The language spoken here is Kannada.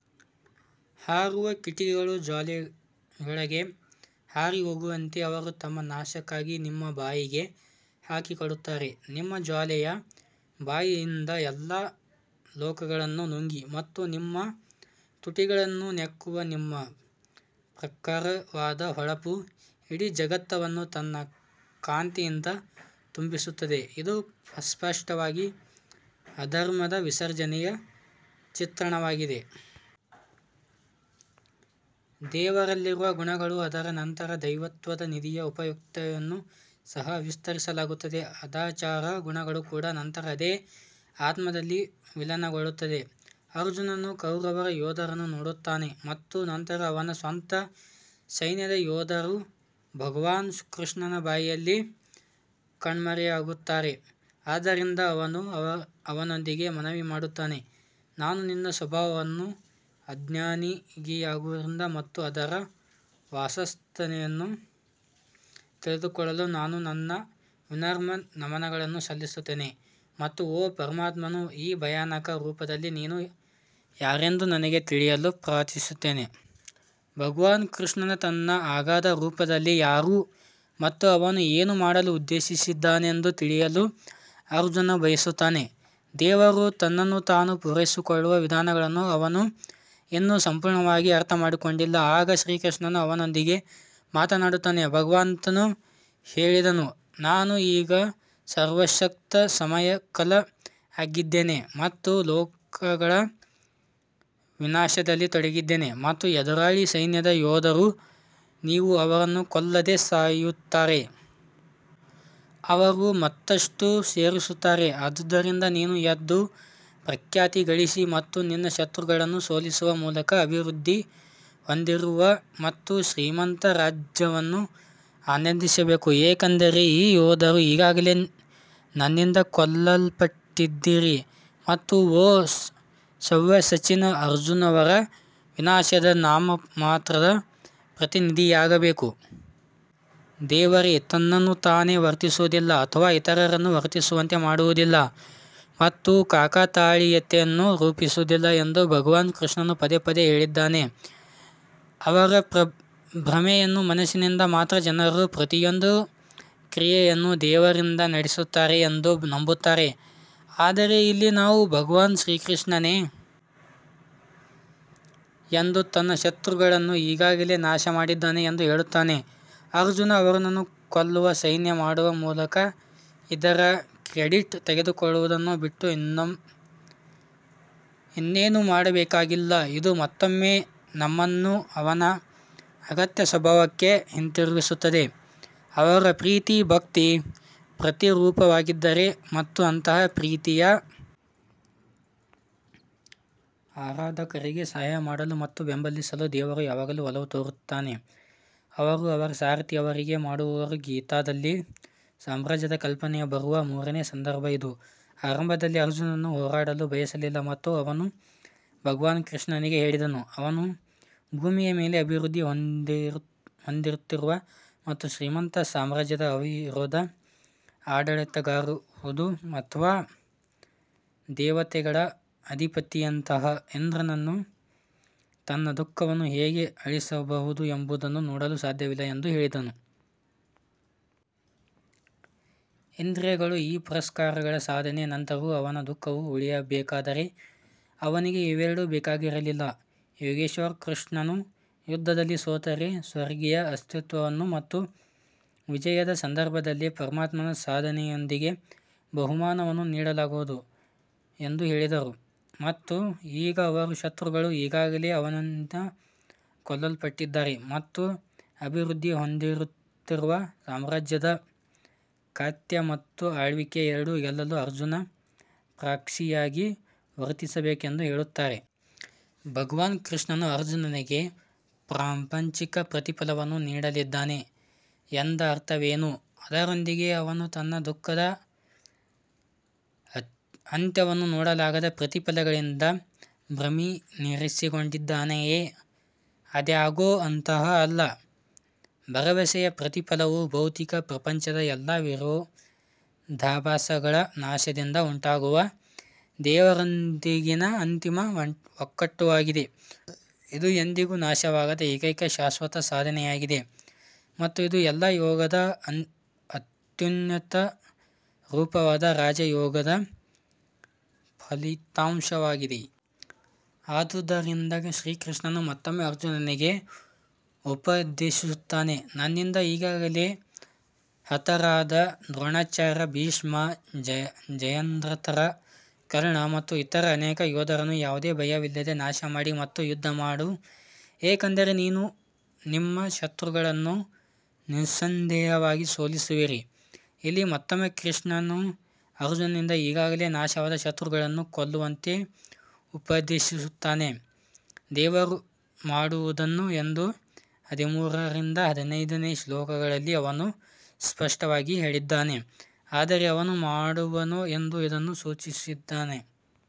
ಹಾರುವ ಕೀಟಗಳು ಜ್ವಾಲೆಯೊಳಗೆ ಹಾರಿಹೋಗುವಂತೆ ಅವರು ತಮ್ಮ ನಾಶಕ್ಕಾಗಿ ನಿಮ್ಮ ಬಾಯಿಗೆ ಹಾಕಿಕೊಳ್ಳುತ್ತಾರೆ ನಿಮ್ಮ ಜ್ವಾಲೆಯ ಬಾಯಿಯಿಂದ ಎಲ್ಲಾ ಲೋಕಗಳನ್ನು ನುಂಗಿ ಮತ್ತು ನಿಮ್ಮ ತುಟಿಗಳನ್ನು ನೆಕ್ಕುವ ನಿಮ್ಮ ಪ್ರಖರವಾದ ಹೊಳಪು ಇಡೀ ಜಗತ್ತನ್ನು ತನ್ನ ಕಾಂತಿಯಿಂದ ತುಂಬಿಸುತ್ತಿದೆ ಇದು ಸ್ಪಷ್ಟವಾಗಿ ಅಧರ್ಮದ ವಿಸರ್ಜನೆಯ ಚಿತ್ರಣವಾಗಿದೆ ದೇವರಲ್ಲಿರುವ ಗುಣಗಳು ಅದರ ನಂತರ ದೈವತ್ವದ ನಿಧಿಯ ಉಪಯುಕ್ತತೆಯನ್ನು ಸಹ ವಿತರಿಸಲಾಗುತ್ತದೆ ಸದಾಚಾರ ಗುಣಗಳು ಕೂಡ ನಂತರ ಅದೇ ಆತ್ಮದಲ್ಲಿ ವಿಲೀನಗೊಳ್ಳುತ್ತವೆ ಅರ್ಜುನನು ಕೌರವ ಯೋಧರನ್ನು ನೋಡುತ್ತಾನೆ ಮತ್ತು ನಂತರ ಅವನ ಸ್ವಂತ ಸೈನ್ಯದ ಯೋಧರು ಭಗವಾನ್ ಕೃಷ್ಣನ ಬಾಯಿಯಲ್ಲಿ ಕಣ್ಮರೆಯಾಗುತ್ತಾರೆ ಆದ್ದರಿಂದ ಅವನು ಅವನೊಂದಿಗೆ ಮನವಿ ಮಾಡುತ್ತಾನೆ ನಾನು ನಿನ್ನ ಸ್ವಭಾವವನ್ನು ಅಜ್ಞಾನಿಯಾಗಿರುವುದರಿಂದ ಮತ್ತು ಅದರ ವಾಸ್ತವತೆಯನ್ನು ತಿಳಿದುಕೊಳ್ಳಲು ನಾನು ನನ್ನ ವಿನಮ್ರ ನಮನಗಳನ್ನು ಸಲ್ಲಿಸುತ್ತೇನೆ ಮತ್ತು ಓ ಪರಮಾತ್ಮನು ಈ ಭಯಾನಕ ರೂಪದಲ್ಲಿ ನೀವು ಯಾರೆಂದು ನನಗೆ ತಿಳಿಸಲು ಪ್ರಾರ್ಥಿಸುತ್ತೇನೆ. ಭಗವಾನ್ ಕೃಷ್ಣನು ತನ್ನ ಅಗಾಧ ರೂಪದಲ್ಲಿ ಯಾರು ಮತ್ತು ಅವನು ಏನು ಮಾಡಲು ಉದ್ದೇಶಿಸಿದ್ದಾನೆಂದು ತಿಳಿಯಲು ಅರ್ಜುನ್ ಬಯಸುತ್ತಾನೆ ದೇವರು ತನ್ನನ್ನು ತಾನು ಪೂರೈಸಿಕೊಳ್ಳುವ ವಿಧಾನಗಳನ್ನು ಅವನು ಇನ್ನೂ ಸಂಪೂರ್ಣವಾಗಿ ಅರ್ಥಮಾಡಿಕೊಂಡಿಲ್ಲ ಆಗ ಶ್ರೀಕೃಷ್ಣನು ಅವನೊಂದಿಗೆ ಮಾತನಾಡುತ್ತಾನೆ ಭಗವಂತನು ಹೇಳಿದನು ನಾನು ಈಗ ಸರ್ವಶಕ್ತ ಸಮಯ ಕಲ್ ಆಗಿದ್ದೇನೆ ಮತ್ತು ಲೋಕಗಳ ವಿನಾಶದಲ್ಲಿ ತೊಡಗಿದ್ದೇನೆ ಮತ್ತು ಎದುರಾಳಿ ಸೈನ್ಯದ ಯೋಧರು ನೀವು ಅವರನ್ನು ಕೊಲ್ಲದೆ ಸಾಯುತ್ತಾರೆ. ಅವರು ಮತ್ತಷ್ಟು ಸೇರಿಸುತ್ತಾರೆ ಆದುದರಿಂದ ನೀನು ಎದ್ದು ಪ್ರಖ್ಯಾತಿ ಗಳಿಸಿ ಮತ್ತು ನಿನ್ನ ಶತ್ರುಗಳನ್ನು ಸೋಲಿಸುವ ಮೂಲಕ ಅಭಿವೃದ್ಧಿ ಹೊಂದುತ್ತಿರುವ ಮತ್ತು ಶ್ರೀಮಂತ ರಾಜ್ಯವನ್ನು ಆನಂದಿಸಬೇಕು ಏಕೆಂದರೆ ಈ ಯೋಧರು ಈಗಾಗಲೇ ನನ್ನಿಂದ ಕೊಲ್ಲಲ್ಪಟ್ಟಿದ್ದೀರಿ ಮತ್ತು ಓ ಸವ್ಯಸಚಿನ್ ಅರ್ಜುನ್ ಅವರ ವಿನಾಶದ ನಾಮಮಾತ್ರದ ಪ್ರತಿನಿಧಿಯಾಗಬೇಕು. ದೇವರು ತನ್ನನ್ನು ತಾನೇ ವರ್ತಿಸುವುದಿಲ್ಲ ಅಥವಾ ಇತರರನ್ನು ವರ್ತಿಸುವಂತೆ ಮಾಡುವುದಿಲ್ಲ ಮತ್ತು ಕಾಕತಾಳೀಯತೆಯನ್ನು ರೂಪಿಸುವುದಿಲ್ಲ ಎಂದು ಭಗವಾನ್ ಕೃಷ್ಣನು ಪದೇ ಪದೇ ಹೇಳಿದ್ದಾನೆ. ಅವರ ಭ್ರಮೆಯ ಮನಸ್ಸಿನಿಂದ ಮಾತ್ರ ಜನರು ಪ್ರತಿಯೊಂದು ಕ್ರಿಯೆಯನ್ನು ದೇವರಿಂದ ನಡೆಸುತ್ತಾರೆ ಎಂದು ನಂಬುತ್ತಾರೆ ಆದರೆ ಇಲ್ಲಿ ನಾವು ಭಗವಾನ್ ಶ್ರೀಕೃಷ್ಣನೇ ಎದ್ದು ತನ್ನ ಶತ್ರುಗಳನ್ನು ಈಗಾಗಲೇ ನಾಶಮಾಡಿದ್ದಾನೆ ಎಂದು ಹೇಳುತ್ತಾನೆ ಅರ್ಜುನ್ ಅವರನ್ನು ಕೊಲ್ಲುವ ಸನ್ನೆ ಮಾಡುವ ಮೂಲಕ ಇದರ ಕ್ರೆಡಿಟ್ ತೆಗೆದುಕೊಳ್ಳುವುದನ್ನು ಬಿಟ್ಟು ಇನ್ನೇನೂ ಮಾಡಬೇಕಾಗಿಲ್ಲ ಇದು ಮತ್ತೊಮ್ಮೆ ನಮ್ಮನ್ನು ಅವನ ಅಗತ್ಯ ಸ್ವಭಾವಕ್ಕೆ ಹಿಂತಿರುಗಿಸುತ್ತದೆ ಅವರು ಪ್ರೀತಿಯ ಭಕ್ತಿಯ ಪ್ರತಿರೂಪವಾಗಿದ್ದಾರೆ ಮತ್ತು ಅಂತಹ ಪ್ರೀತಿಯ ಆರಾಧಕರಿಗೆ ಸಹಾಯ ಮಾಡಲು ಮತ್ತು ಬೆಂಬಲಿಸಲು ದೇವರು ಯಾವಾಗಲೂ ಒಲವು ತೋರುತ್ತಾನೆ ಅವರು ಅವರ ಸಾರಥಿ ಅವರಿಗೆ ಮಾಡುವವರು ಗೀತಾದಲ್ಲಿ ಸಾಮ್ರಾಜ್ಯದ ಕಲ್ಪನೆಯು ಬರುವ ಮೂರನೇ ಸಂದರ್ಭ ಇದು ಆರಂಭದಲ್ಲಿ ಅರ್ಜುನನು ಹೋರಾಡಲು ಬಯಸಲಿಲ್ಲ ಮತ್ತು ಅವನು ಭಗವಾನ್ ಕೃಷ್ಣನಿಗೆ ಹೇಳಿದನು ಅವನು ಭೂಮಿಯ ಮೇಲೆ ಅಭಿವೃದ್ಧಿ ಹೊಂದುತ್ತಿರುವ ಮತ್ತು ಶ್ರೀಮಂತ ಸಾಮ್ರಾಜ್ಯದ ಅವಿರೋಧ ಆಡಳಿತಗಾರನಾಗುವುದು ಅಥವಾ ದೇವತೆಗಳ ಅಧಿಪತಿಯಂತಹ ಇಂದ್ರನು ತನ್ನ ದುಃಖವನ್ನು ಹೇಗೆ ಅಳಿಸಬಹುದು ಎಂಬುದನ್ನು ನೋಡಲು ಸಾಧ್ಯವಿಲ್ಲ ಎಂದು ಹೇಳಿದನು. ಇಂದ್ರಿಯಗಳು ಈ ಪುರಸ್ಕಾರಗಳ ಸಾಧನೆಯ ನಂತರವೂ ಅವನ ದುಃಖವು ಉಳಿಯಬೇಕಾದರೆ ಅವನಿಗೆ ಇವೆರಡೂ ಬೇಕಾಗಿರಲಿಲ್ಲ ಯೋಗೇಶ್ವರ್ ಕೃಷ್ಣನು ಯುದ್ಧದಲ್ಲಿ ಸೋತರೆ ಸ್ವರ್ಗೀಯ ಅಸ್ತಿತ್ವವನ್ನು ಮತ್ತು ವಿಜಯದ ಸಂದರ್ಭದಲ್ಲಿ ಪರಮಾತ್ಮನ ಸಾಧನೆಯೊಂದಿಗೆ ಬಹುಮಾನವನ್ನು ನೀಡಲಾಗುವುದು ಎಂದು ಹೇಳಿದರು. ಮತ್ತು ಈಗ ಅವರು ಶತ್ರುಗಳು ಈಗಾಗಲೇ ಅವನಿಂದ ಕೊಲ್ಲಲ್ಪಟ್ಟಿದ್ದಾರೆ ಮತ್ತು ಅಭಿವೃದ್ಧಿ ಹೊಂದುತ್ತಿರುವ ಸಾಮ್ರಾಜ್ಯದ ಖ್ಯಾತಿ ಮತ್ತು ಆಳ್ವಿಕೆ ಎರಡನ್ನೂ ಗೆಲ್ಲಲು ಅರ್ಜುನ್ ಪ್ರಾಕ್ಸಿಯಾಗಿ ವರ್ತಿಸಬೇಕು ಎಂದು ಹೇಳುತ್ತಾರೆ. ಭಗವಾನ್ ಕೃಷ್ಣನು ಅರ್ಜುನನಿಗೆ ಪ್ರಾಪಂಚಿಕ ಪ್ರತಿಫಲವನ್ನು ನೀಡಲಿದ್ದಾನೆ ಎಂದರ್ಥವೇನೋ ಅದರೊಂದಿಗೆ ಅವನು ತನ್ನ ದುಃಖದ ಅಂತ್ಯವನ್ನು ನೋಡಲಾಗದ ಪ್ರತಿಫಲಗಳಿಂದ ಭ್ರಮನಿರಸನಗೊಂಡಿದ್ದಾನೆಯೇ? ಆದಾಗ್ಯೂ ಅಂತಹವು ಅಲ್ಲ ಭರವಸೆಯ ಪ್ರತಿಫಲವು ಭೌತಿಕ ಪ್ರಪಂಚದ ಎಲ್ಲಾ ವಿರೋಧಾಭಾಸಗಳ ನಾಶದಿಂದ ಉಂಟಾಗುವ ದೇವರೊಂದಿಗಿನ ಅಂತಿಮ ಒಕ್ಕೂಟವಾಗಿದೆ. ಇದು ಎಂದಿಗೂ ನಾಶವಾಗದ ಏಕೈಕ ಶಾಶ್ವತ ಸಾಧನೆಯಾಗಿದೆ ಮತ್ತು ಇದು ಎಲ್ಲಾ ಯೋಗದ ಅತ್ಯುನ್ನತ ರೂಪವಾದ ರಾಜ ಯೋಗದ ಫಲಿತಾಂಶವಾಗಿದೆ. ಆದುದರಿಂದ ಶ್ರೀಕೃಷ್ಣನು ಮತ್ತೊಮ್ಮೆ ಅರ್ಜುನನಿಗೆ ಉಪದೇಶಿಸುತ್ತಾನೆ ನನ್ನಿಂದ ಈಗಾಗಲೇ ಹತರಾದ ದ್ರೋಣಾಚಾರ್ಯ ಭೀಷ್ಮ ಜಯದ್ರಥ ಕರ್ಣ ಮತ್ತು ಇತರ ಅನೇಕ ಯೋಧರನ್ನು ಯಾವುದೇ ಭಯವಿಲ್ಲದೆ ನಾಶಮಾಡಿ ಮತ್ತು ಯುದ್ಧ ಮಾಡು ಏಕೆಂದರೆ ನೀವು ನಿಮ್ಮ ಶತ್ರುಗಳನ್ನು ನಿಸ್ಸಂದೇಹವಾಗಿ ಸೋಲಿಸುವಿರಿ. ಇಲ್ಲಿ ಮತ್ತೊಮ್ಮೆ ಶ್ರೀಕೃಷ್ಣನು ಅರ್ಜುನನಿಂದ ಈಗಾಗಲೇ ನಾಶವಾದ ಶತ್ರುಗಳನ್ನು ಕೊಲ್ಲುವಂತೆ ಉಪದೇಶಿಸುತ್ತಾನೆ ದೇವರು ಮಾಡದವನು ಎಂದು ಹದಿಮೂರರಿಂದ ಹದಿನೈದನೇ ಶ್ಲೋಕಗಳಲ್ಲಿ ಅವನು ಸ್ಪಷ್ಟವಾಗಿ ಹೇಳಿದ್ದಾನೆ ಆದರೆ ಅವನು ಮಾಡುವವನು ಎಂದು ಇದು ಸೂಚಿಸುತ್ತದೆ.